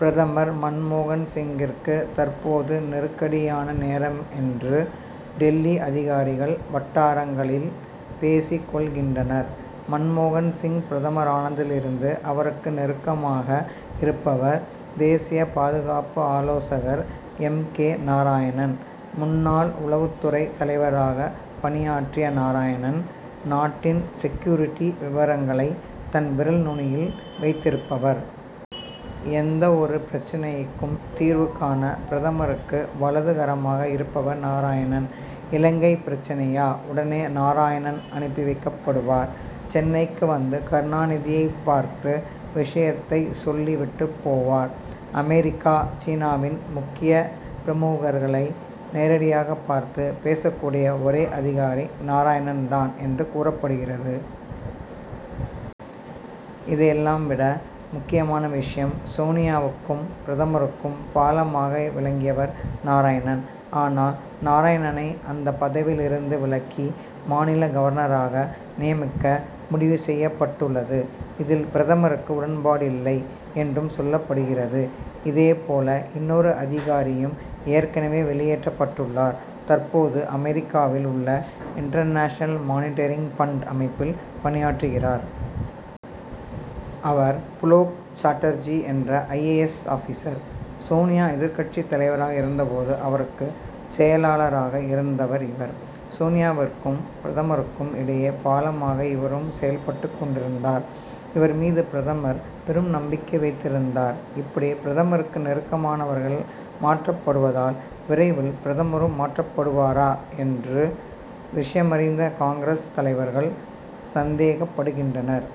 பிரதமர் மன்மோகன் சிங்கிற்கு, தற்போது நெருக்கடியான நேரம் என்று, டில்லி அதிகாரிகள் வட்டாரங்களில் பேசிக் கொள்கின்றனர். மன்மோகன் சிங் பிரதமரானதிலிருந்து, அவருக்கு நெருக்கமாக இருப்பவர், தேசிய பாதுகாப்பு ஆலோசகர் எம். கே. நாராயணன். முன்னாள் உளவுத்துறை தலைவராகப் பணியாற்றிய நாராயணன், நாட்டின் செக்யூரிட்டி விவகாரங்களை, தன் விரல் நுனியில் வைத்திருப்பவர். எந்த ஒரு பிரச்னைக்கும் தீர்வு காண, பிரதமருக்கு வலது கரமாக இருப்பவர் நாராயணன். இலங்கைப் பிரச்னையா, உடனே நாராயணன் அனுப்பி வைக்கப்படுவார்; சென்னைக்கும் வந்து, கருணாநிதியைப் பார்த்து விஷயத்தைச் சொல்லிவிட்டுப் போவார். அமெரிக்கா, சீனாவின் முக்கிய பிரமுகர்களை நேரடியாகப் பார்த்து பேசக்கூடிய ஒரே அதிகாரி நாராயணன் தான் என்று கூறப்படுகிறது. இதையெல்லாம் விட முக்கியமான விஷயம், சோனியாவுக்கும், பிரதமருக்கும் பாலமாக விளங்கியவர் நாராயணன். ஆனால், நாராயணனை அந்தப் பதவியிலிருந்து விலக்கி, மாநில கவர்னராக நியமிக்க முடிவு செய்யப்பட்டுள்ளது. இதில், பிரதமருக்கு உடன்பாடில்லை என்றும் சொல்லப்படுகிறது. இதே போல இன்னொரு அதிகாரியும், ஏற்கனவே வெளியேற்றப்பட்டுள்ளார். தற்போது, அமெரிக்காவில் உள்ள இன்டர்நேஷனல் மானிடரிங் பண்ட் அமைப்பில் பணியாற்றுகிறார். அவர், புலோக் சட்டர்ஜி என்ற I. A. S., officer. Sonia எதிர்க்கட்சி தலைவராக இருந்த போது, அவருக்கு செயலராக இருந்தார் இவர். சோனியாவிற்கும், பிரதமருக்கும் இடையே பாலமாக, இவரும் செயல்பட்டுக் கொண்டிருந்தார். இவர் மீது பிரதமர், பெரும் நம்பிக்கை வைத்திருந்தார். இப்படி, பிரதமருக்கு நெருக்கமானவர்கள் மாற்றப்படுவதால், விரைவில் பிரதமரும் மாற்றப்படுவாரா என்று, விஷயமறிந்த காங்கிரஸ் தலைவர்கள் சந்தேகப்படுகின்றனர்.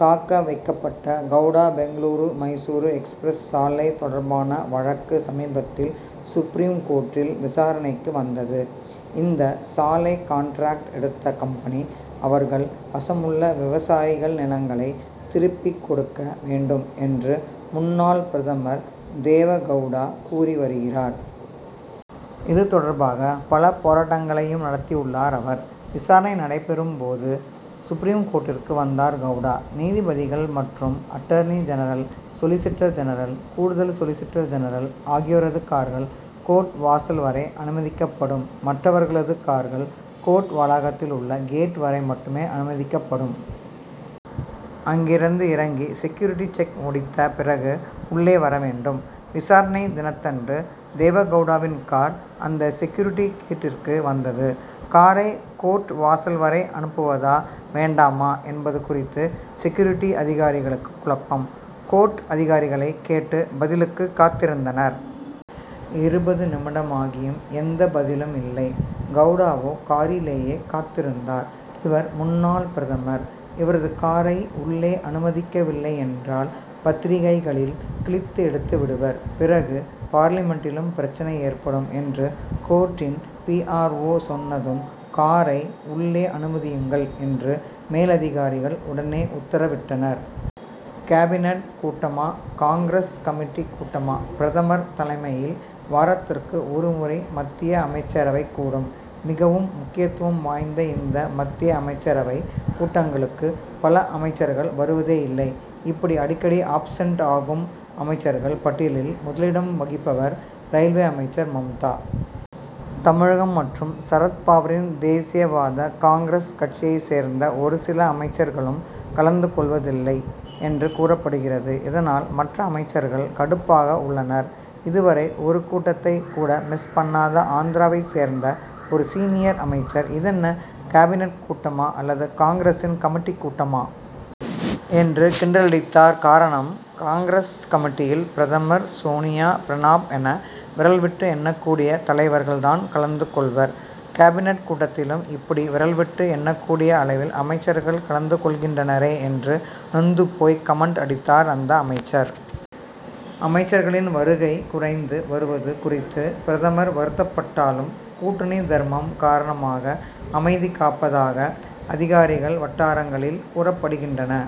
காக்க வைக்கப்பட்ட கவுடா பெங்களூரு மைசூரு எக்ஸ்பிரஸ் சாலை தொடர்பான வழக்கு சமீபத்தில் சுப்ரீம் கோர்ட்டில் விசாரணைக்கு வந்தது. 'இந்த சாலை கான்ட்ராக்ட் எடுத்த கம்பெனி, அவர்கள் வசமுள்ள விவசாயிகள் நிலங் களை திருப்பிக் கொடுக்க வேண்டும்' என்று முன்னாள் பிரதமர் தேவகவுடா கூறி வருகிறார். இது தொடர்பாக பல போராட்டங்களையும் நடத்தியுள்ளார் அவர். விசாரணை நடைபெறும் போது, சுப்ரீம் கோர்ட்டிற்கு வந்தார் கவுடா. நீதிபதிகள் மற்றும் அட்டர்னி ஜெனரல், சொலிசிட்டர் ஜெனரல், கூடுதல் சொலிசிட்டர் ஜெனரல் ஆகியோரது கார்கள், கோர்ட் வாசல் வரை அனுமதிக்கப்படும். மற்றவர்களது கார்கள், கோர்ட் வளாகத்தில் உள்ள கேட் வரை மட்டுமே அனுமதிக்கப்படும். அங்கிருந்து இறங்கி செக்யூரிட்டி செக் முடித்த பிறகு உள்ளே வர வேண்டும். விசாரணை தினத்தன்று, தேவகவுடாவின் கார், அந்த செக்யூரிட்டி கேட்டிற்கு வந்தது. காரை கோர்ட் வாசல் வரை அனுப்புவதா, வேண்டாமா என்பது குறித்து, செக்யூரிட்டி அதிகாரிகளுக்கு குழப்பம். கோர்ட் அதிகாரிகளைக் கேட்டு, பதிலுக்கு காத்திருந்தனர். இருபது நிமிடமாகியும் எந்த பதிலும் இல்லை. கவுடாவோ காரிலேயே காத்திருந்தார். 'இவர் முன்னாள் பிரதமர். இவரது காரை உள்ளே அனுமதிக்கவில்லையென்றால், பத்திரிகைகளில் கிழித்து எடுத்து விடுவர்; பிறகு பார்லிமென்டிலும் பிரச்னை ஏற்படும்' என்று கோர்ட்டின் பி. ஆர். ஓ., சொன்னதும், 'காரை உள்ளே அனுமதியுங்கள்' என்று மேலதிகாரிகள் உடனே உத்தரவிட்டனர். கேபினட் கூட்டமா, காங்கிரஸ் கமிட்டி கூட்டமா? பிரதமர் தலைமையில், வாரத்திற்கு ஒரு முறை மத்திய அமைச்சரவை கூடும். மிகவும் முக்கியத்துவம் வாய்ந்த இந்த மத்திய அமைச்சரவைக் கூட்டங்களுக்கு, பல அமைச்சர்கள் வருவதேயில்லை. இப்படி அடிக்கடி ஆப்சென்ட் ஆகும் அமைச்சர்கள் பட்டியலில் முதலிடம் வகிப்பவர், ரயில்வே அமைச்சர் மம்தா. தமிழகம் மற்றும் சரத் பவாரின் தேசியவாத காங்கிரஸ் கட்சியைச் சேர்ந்த ஒரு சில அமைச்சர்களும் கலந்து கொள்வதில்லை என்று கூறப்படுகிறது. இதனால், மற்ற அமைச்சர்கள் கடுப்பாக உள்ளனர். இதுவரை, ஒரு கூட்டத்தைக் கூட மிஸ் பண்ணாத ஆந்திராவைச் சேர்ந்த ஒரு சீனியர் அமைச்சர், 'இதென்ன கேபினட் கூட்டமா அல்லது காங்கிரசின் கமிட்டி கூட்டமா? ' என்று கிண்டலடித்தார். காரணம், காங்கிரஸ் கமிட்டியில் பிரதமர், சோனியா, பிரணாப் என, விரல் விட்டு எண்ணக்கூடிய தலைவர்கள் தான் கலந்து கொள்வர். 'கேபினட் கூட்டத்திலும் இப்படி விரல் விட்டு எண் ணக்கூடிய அளவில் அமைச்சர்கள் கலந்து கொள்கின்றனரே' என்று நொந்து போய், 'கமென்ட்' அடித்தார் அந்த அமைச்சர். அமைச்சர்களின் வருகை குறைந்து வருவது குறித்து பிரதமர் வருத்தப்பட்டாலும், கூட்டணி தர்மம் காரணமாக அமைதி காப்பதாக, அதிகாரிகள் வட்டாரங்களில் கூறப்படுகின்றன.